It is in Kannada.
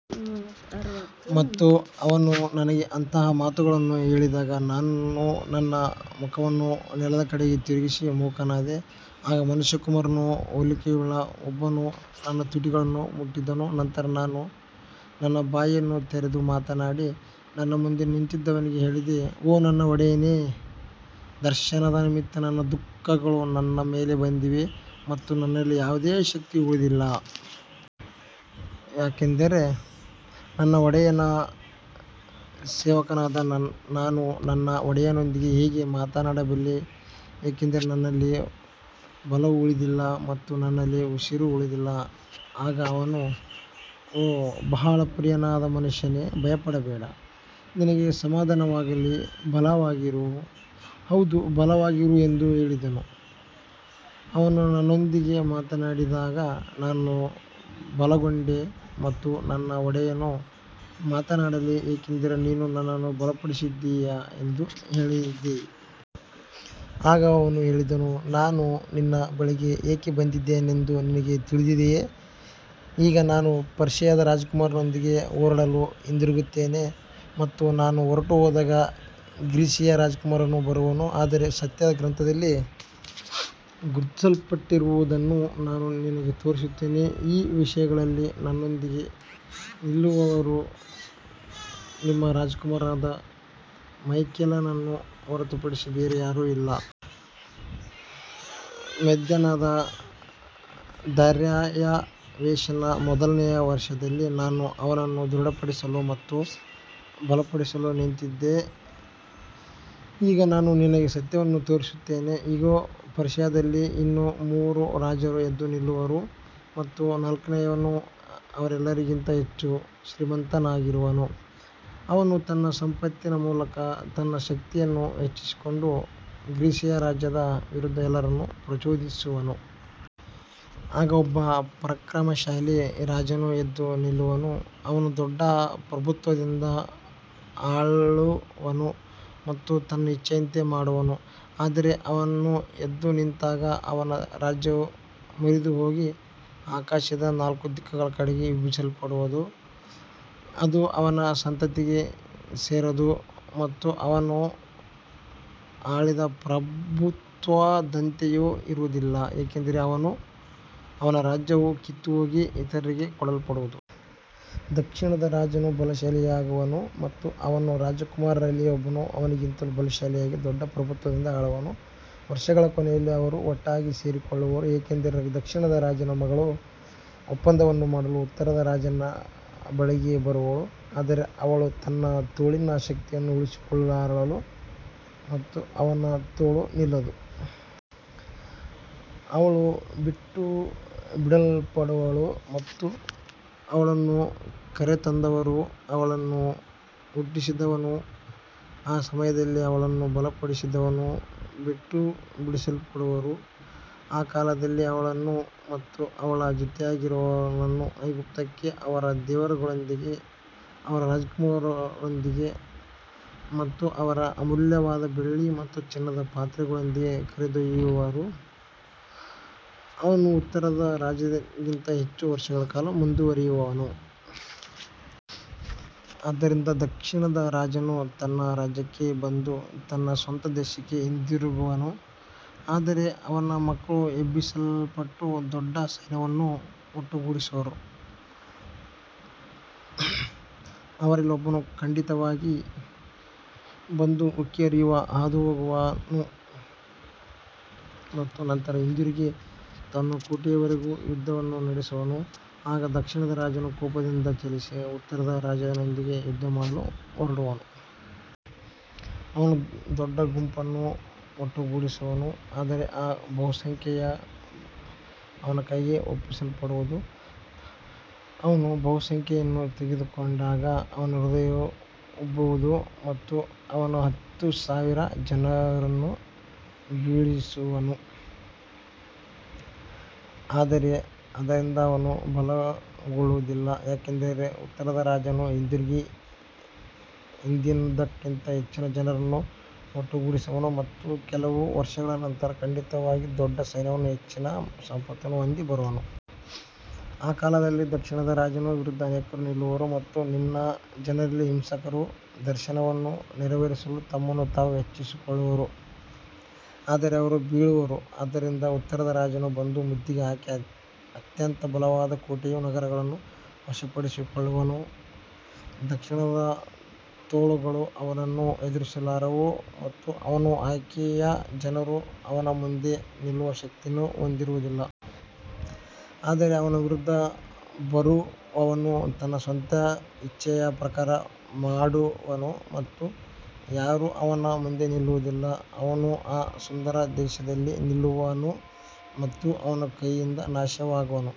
ಮತ್ತು ಅವನು ನನಗೆ ಅಂತಹ ಮಾತುಗಳನ್ನು ಹೇಳಿದಾಗ ನಾನು ನನ್ನ ಮುಖವನ್ನು ನೆಲದ ಕಡೆಗೆ ತಿರುಗಿಸಿ ಮೂಕನಾದೆ. ಆಗ ಮನುಷ್ಯಕುಮಾರನ ಹೋಲಿಕೆಯುಳ್ಳ ಒಬ್ಬನು ನನ್ನ ತುಟಿಗಳನ್ನು ಮುಟ್ಟಿದನು. ನಂತರ ನಾನು ನನ್ನ ಬಾಯಿಯನ್ನು ತೆರೆದು ಮಾತನಾಡಿ ನನ್ನ ಮುಂದೆ ನಿಂತಿದ್ದವನಿಗೆ ಹೇಳಿದೆ, ಓ ನನ್ನ ಒಡೆಯನೇ, ದರ್ಶನದ ನಿಮಿತ್ತ ನನ್ನ ದುಃಖಗಳು ನನ್ನ ಮೇಲೆ ಬಂದಿವೆ ಮತ್ತು ನನ್ನಲ್ಲಿ ಯಾವುದೇ ಶಕ್ತಿಯೂ ಉಳಿದಿಲ್ಲ. ಯಾಕಂದರೆ ನನ್ನ ಒಡೆಯನ ಸೇವಕನಾದ ನಾನು ನನ್ನ ಒಡೆಯನೊಂದಿಗೆ ಹೇಗೆ ಮಾತನಾಡಬಲ್ಲೆ, ಏಕೆಂದರೆ ನನ್ನಲ್ಲಿ ಬಲವು ಉಳಿದಿಲ್ಲ ಮತ್ತು ನನ್ನಲ್ಲಿ ಉಸಿರೂ ಉಳಿದಿಲ್ಲ. ಆಗ ಅವನು, ಓ ಬಹಳ ಪ್ರಿಯನಾದ ಮನುಷ್ಯನೇ, ಭಯಪಡಬೇಡ, ನಿನಗೆ ಸಮಾಧಾನವಾಗಲಿ, ಬಲವಾಗಿರು, ಹೌದು, ಬಲವಾಗಿರು ಎಂದು ಹೇಳಿದನು. ಅವನು ನನ್ನೊಂದಿಗೆ ಮಾತನಾಡಿದಾಗ ನಾನು ಬಲಗೊಂಡೆ ಮತ್ತು ನನ್ನ ಒಡೆಯನು ಮಾತನಾಡಲಿ, ಏಕೆಂದರೆ ನೀನು ನನ್ನನ್ನು ಬಲಪಡಿಸಿದ್ದೀಯ ಎಂದು ಹೇಳಿದೆ. ಆಗ ಅವನು ಹೇಳಿದನು, ನಾನು ನಿನ್ನ ಬಳಿಗೆ ಏಕೆ ಬಂದಿದ್ದೇನೆಂದು ನಿನಗೆ ತಿಳಿದಿದೆಯೇ. ಈಗ ನಾನು ಪರ್ಷಿಯಾದ ರಾಜಕುಮಾರನೊಂದಿಗೆ ಹೋರಾಡಲು ಹಿಂದಿರುಗುತ್ತೇನೆ ಮತ್ತು ನಾನು ಹೊರಟುಹೋದಾಗ ಗ್ರೀಸಿಯ ರಾಜಕುಮಾರನು ಬರುವನು. ಆದರೆ ಸತ್ಯದ ಗ್ರಂಥದಲ್ಲಿ ಗುರುತಿಸಲ್ಪಟ್ಟಿರುವುದನ್ನು ನಾನು ನಿನಗೆ ತೋರಿಸುತ್ತೇನೆ. ಈ ವಿಷಯಗಳಲ್ಲಿ ನನ್ನೊಂದಿಗೆ ನಿಲ್ಲುವವರು ನಿಮ್ಮ ರಾಜಕುಮಾರನಾದ ಮೈಕೆಲನನ್ನು ಹೊರತುಪಡಿಸಿ ಬೇರೆ ಯಾರೂ ಇಲ್ಲ. ಮೇದ್ಯನಾದ ದಾರ್ಯಾವೆಷನ ಮೊದಲನೆಯ ವರ್ಷದಲ್ಲಿ ನಾನು ಅವನನ್ನು ದೃಢಪಡಿಸಲು ಮತ್ತು ಬಲಪಡಿಸಲು ನಿಂತಿದ್ದೆ. ಈಗ ನಾನು ನಿನಗೆ ಸತ್ಯವನ್ನು ತೋರಿಸುತ್ತೇನೆ. ಇಗೋ, ಪರ್ಷಿಯಾದಲ್ಲಿ ಇನ್ನೂ ಮೂವರು ರಾಜರು ಎದ್ದು ನಿಲ್ಲುವರು ಮತ್ತು ನಾಲ್ಕನೆಯವನು ಅವರೆಲ್ಲರಿಗಿಂತ ಹೆಚ್ಚು ಶ್ರೀಮಂತನಾಗಿರುವನು. ಅವನು ತನ್ನ ಸಂಪತ್ತಿನ ಮೂಲಕ ತನ್ನ ಶಕ್ತಿಯನ್ನು ಹೆಚ್ಚಿಸಿಕೊಂಡು ಗ್ರೀಸಿಯ ರಾಜ್ಯದ ವಿರುದ್ಧ ಎಲ್ಲರನ್ನೂ ಪ್ರಚೋದಿಸುವನು. ಆಗ ಒಬ್ಬ ಪರಾಕ್ರಮಶಾಲಿ ರಾಜನು ಎದ್ದು ನಿಲ್ಲುವನು. ಅವನು ದೊಡ್ಡ ಪ್ರಭುತ್ವದಿಂದ ಆಳುವನು ಮತ್ತು ತನ್ನ ಇಚ್ಛೆಯಂತೆ ಮಾಡುವನು. ಆದರೆ ಅವನು ಎದ್ದು ನಿಂತಾಗ ಅವನ ರಾಜ್ಯವು ಮುರಿದುಹೋಗಿ ಆಕಾಶದ ನಾಲ್ಕು ದಿಕ್ಕುಗಳ ಕಡೆಗೆ ವಿಭಜಿಸಲ್ಪಡುವುದು. ಅದು ಅವನ ಸಂತತಿಗೆ ಸೇರದು ಮತ್ತು ಅವನು ಆಳಿದ ಪ್ರಭುತ್ವದಂತೆಯೂ ಇರುವುದಿಲ್ಲ, ಏಕೆಂದರೆ ಅವನ ರಾಜ್ಯವು ಕಿತ್ತುಹೋಗಿ ಇತರರಿಗೆ ಕೊಡಲ್ಪಡುವುದು. ದಕ್ಷಿಣದ ರಾಜನು ಬಲಶಾಲಿಯಾಗುವನು ಮತ್ತು ಅವನ ರಾಜಕುಮಾರರಲ್ಲಿ ಒಬ್ಬನು ಅವನಿಗಿಂತಲೂ ಬಲಶಾಲಿಯಾಗಿ ದೊಡ್ಡ ಪ್ರಭುತ್ವದಿಂದ ಆಳುವನು. ವರ್ಷಗಳ ಕೊನೆಯಲ್ಲಿ ಅವರು ಒಟ್ಟಾಗಿ ಸೇರಿಕೊಳ್ಳುವರು, ಏಕೆಂದರೆ ದಕ್ಷಿಣದ ರಾಜನ ಮಗಳು ಒಪ್ಪಂದವನ್ನು ಮಾಡಲು ಉತ್ತರದ ರಾಜನ ಬಳಿಗೆ ಬರುವಳು. ಆದರೆ ಅವಳು ತನ್ನ ತೋಳಿನ ಶಕ್ತಿಯನ್ನು ಉಳಿಸಿಕೊಳ್ಳಲಾರಳು ಮತ್ತು ಅವನ ತೋಳೂ ನಿಲ್ಲದು. ಅವಳು ಬಿಟ್ಟುಬಿಡಲ್ಪಡುವಳು ಮತ್ತು ಅವಳನ್ನು ಕರೆತಂದವರೂ, ಅವಳನ್ನು ಹುಟ್ಟಿಸಿದವನೂ, ಆ ಸಮಯದಲ್ಲಿ ಅವಳನ್ನು ಬಲಪಡಿಸಿದವನೂ ಬಿಟ್ಟುಬಿಡಲ್ಪಡುವರು. ಆ ಕಾಲದಲ್ಲಿ ಅವಳನ್ನು ಮತ್ತು ಅವಳ ಜೊತೆಯವರನ್ನು ಐಗುಪ್ತಕ್ಕೆ ಅವರ ದೇವರುಗಳೊಂದಿಗೆ, ಅವರ ರಾಜಕುಮಾರರೊಂದಿಗೆ ಮತ್ತು ಅವರ ಅಮೂಲ್ಯವಾದ ಬೆಳ್ಳಿ ಮತ್ತು ಚಿನ್ನದ ಪಾತ್ರೆಗಳೊಂದಿಗೆ ಕರೆದೊಯ್ಯುವರು. ಅವನು ಉತ್ತರದ ರಾಜನಿಗಿಂತ ಹೆಚ್ಚು ವರ್ಷಗಳ ಕಾಲ ಮುಂದುವರಿಯುವನು. ಆದ್ದರಿಂದ ದಕ್ಷಿಣದ ರಾಜನು ತನ್ನ ರಾಜ್ಯಕ್ಕೆ ಬಂದು ತನ್ನ ಸ್ವಂತ ದೇಶಕ್ಕೆ ಹಿಂದಿರುಗುವನು. ಆದರೆ ಅವನ ಮಕ್ಕಳು ಎಬ್ಬಿಸಲ್ಪಟ್ಟು ದೊಡ್ಡ ಸೈನ್ಯವನ್ನು ಒಟ್ಟುಗೂಡಿಸುವರು. ಅವರಲ್ಲಿ ಒಬ್ಬನು ಖಂಡಿತವಾಗಿ ಬಂದು ಉಕ್ಕಿ ಹರಿದು ಹಾದುಹೋಗುವನು ಮತ್ತು ನಂತರ ಹಿಂದಿರುಗಿ ತನ್ನ ಕೋಟೆಯವರೆಗೂ ಯುದ್ಧವನ್ನು ನಡೆಸುವನು. ಆಗ ದಕ್ಷಿಣದ ರಾಜನು ಕೋಪದಿಂದ ಚಲಿಸಿ ಉತ್ತರದ ರಾಜನೊಂದಿಗೆ ಯುದ್ಧಮಾಡಲು ಹೊರಡುವನು. ಅವನು ದೊಡ್ಡ ಗುಂಪನ್ನು ಒಟ್ಟುಗೂಡಿಸುವನು, ಆದರೆ ಆ ಬಹುಸಂಖ್ಯೆಯು ಅವನ ಕೈಗೆ ಒಪ್ಪಿಸಲ್ಪಡುವುದು. ಅವನು ಬಹುಸಂಖ್ಯೆಯನ್ನು ತೆಗೆದುಕೊಂಡಾಗ ಅವನ ಹೃದಯವು ಉಬ್ಬುವುದು ಮತ್ತು ಅವನು ಹತ್ತು ಸಾವಿರ ಜನರನ್ನು ಬೀಳಿಸುವನು, ಆದರೆ ಅದರಿಂದ ಅವನು ಬಲಗೊಳ್ಳುವುದಿಲ್ಲ. ಯಾಕಂದರೆ ಉತ್ತರದ ರಾಜನು ಹಿಂದಿರುಗಿ ಹಿಂದಿನದಕ್ಕಿಂತ ಹೆಚ್ಚಿನ ಜನರನ್ನು ಒಟ್ಟುಗೂಡಿಸುವನು ಮತ್ತು ಕೆಲವು ವರ್ಷಗಳ ನಂತರ ಖಂಡಿತವಾಗಿ ದೊಡ್ಡ ಸೈನ್ಯವನ್ನೂ ಹೆಚ್ಚಿನ ಸಂಪತ್ತನ್ನೂ ಹೊಂದಿ ಬರುವನು. ಆ ಕಾಲದಲ್ಲಿ ದಕ್ಷಿಣದ ರಾಜನ ವಿರುದ್ಧ ಅನೇಕರು ನಿಲ್ಲುವರು ಮತ್ತು ನಿನ್ನ ಜನರಲ್ಲಿ ಹಿಂಸಕರು ದರ್ಶನವನ್ನು ನೆರವೇರಿಸಲು ತಮ್ಮನ್ನು ತಾವು ಹೆಚ್ಚಿಸಿಕೊಳ್ಳುವರು, ಆದರೆ ಅವರು ಬೀಳುವರು. ಆದ್ದರಿಂದ ಉತ್ತರದ ರಾಜನು ಬಂದು ಮುತ್ತಿಗೆ ಹಾಕಿ ಅತ್ಯಂತ ಬಲವಾದ ಕೋಟೆಯ ನಗರಗಳನ್ನು ವಶಪಡಿಸಿಕೊಳ್ಳುವನು. ದಕ್ಷಿಣದ ತೋಳುಗಳು ಅವನನ್ನು ಎದುರಿಸಲಾರವು ಮತ್ತು ಅವನ ಆಯ್ಕೆಯ ಜನರೂ ಅವನ ಮುಂದೆ ನಿಲ್ಲುವ ಶಕ್ತಿಯನ್ನು ಹೊಂದಿರುವುದಿಲ್ಲ. ಆದರೆ ಅವನ ವಿರುದ್ಧ ಬರುವವನು ತನ್ನ ಸ್ವಂತ ಇಚ್ಛೆಯ ಪ್ರಕಾರ ಮಾಡುವನು ಮತ್ತು ಯಾರೂ ಅವನ ಮುಂದೆ ನಿಲ್ಲುವುದಿಲ್ಲ. ಅವನು ಆ ಸುಂದರ ದೇಶದಲ್ಲಿ ನಿಲ್ಲುವನು ಮತ್ತು ಅವನ ಕೈಯಿಂದ ನಾಶವಾಗುವನು.